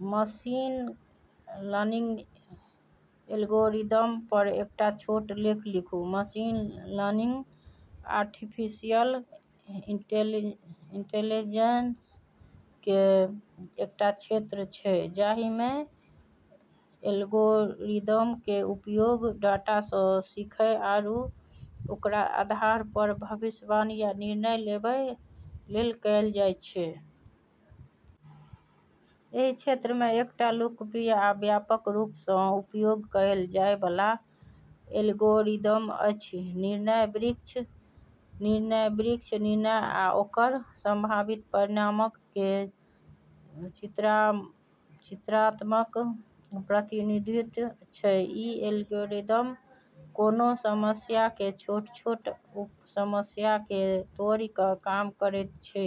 Machine learning algorithm पर एकटा छोट लेख लिखू। मशीन लर्निंग आर्टिफिशियल इंटेलिजेंस के एकटा क्षेत्र छै, जाहि मे एल्गोरिदम के उपयोग डाटा सँ सीखय आरू ओकरा आधार पर भविष्यवाणी या निर्णय लेबय लेल कयल जाय छै। एहि क्षेत्र मे एकटा लोकप्रिय आ व्यापक रूप सँ उपयोग कयल जाय वाला एल्गोरिदम अछि निर्णय वृक्ष। निर्णय वृक्ष निर्णय आ ओकर संभावित परिणामक के चित्रात्मक प्रतिनिधित्व छै। ई एल्गोरिदम कोनों समस्या के छोट-छोट उप-समस्या मे तोड़ि कय काम करैत छै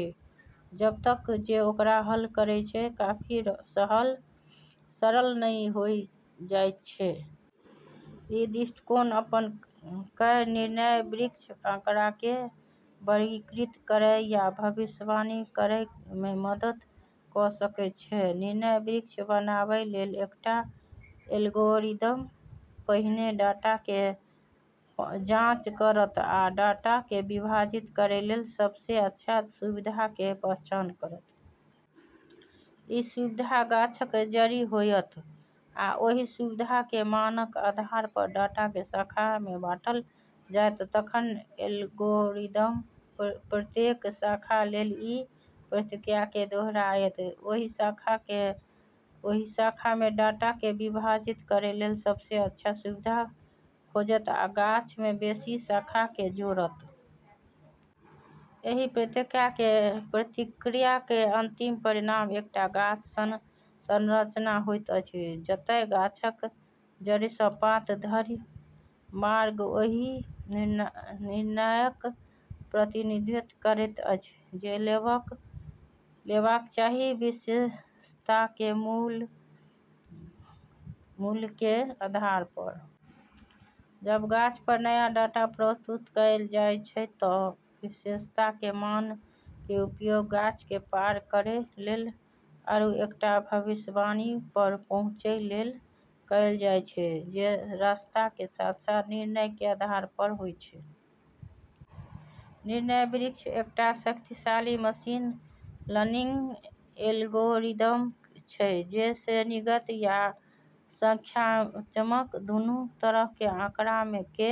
जबतक जे ओकरा हल करै लेल काफी सरल नहि होय जाय छै। इ दृष्टिकोण अपना कय निर्णय वृक्ष आंकड़ा के वर्गीकृत करय आ भविष्यवाणी करय मे मदद कय सकैत छै। निर्णय वृक्ष बनाबय लेल एकटा एल्गोरिदम पहिने डाटा के जाँच करत आ डाटा के विभाजित करय लेल सबसे अच्छा सुविधा के पहचान करत। ई सुविधा गाछक जड़ि होयत, आ ओहि सुविधा के मानक आधार पर डाटा के शाखा मे बाँटल जायत। तखन एल्गोरिदम प्रत्येक शाखा लेल इ प्रक्रिया के दोहरायत, ओहि शाखा मे डाटा के विभाजित करय लेल सबसे अच्छा सुविधा खोजत आ गाछ मे बेसी शाखा के जोड़त। एहि प्रक्रिया के अंतिम परिणाम एकटा गाछ सन संरचना होइत अछि, जतय गाछक जड़ि सँ पात धरि के मार्ग ओहि निर्णयक प्रतिनिधित्व करैत अछि जे लेबाक चाही, विशेषता के मूल्य के आधार पर। जब गाछ पर नया डाटा प्रस्तुत कयल जाय छै त विशेषता के मान के उपयोग गाछ के पार करै लेल आरू एकटा भविष्यवाणी पर पहुँचय लेल कयल जाय छै, जे रास्ता के साथ-साथ निर्णय के आधार पर होय छै। निर्णय वृक्ष एकटा शक्तिशाली मशीन लर्निंग एल्गोरिदम छै, जे श्रेणीगत आ संख्यात्मक दुनू तरह के आंकड़ा के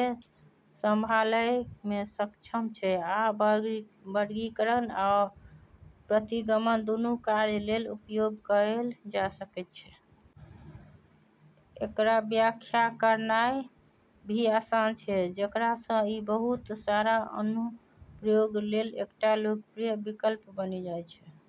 संभालय मे सक्षम छै, आ वर्गीकरण आ प्रतिगमन दुनू कार्य लेल उपयोग कयल जा सकैत छै। एकरा व्याख्या करनाय भी आसान छै, जेकरा सँ ई बहुत सारा अनुप्रयोग लेल एकटा लोकप्रिय विकल्प बनि जाय छै।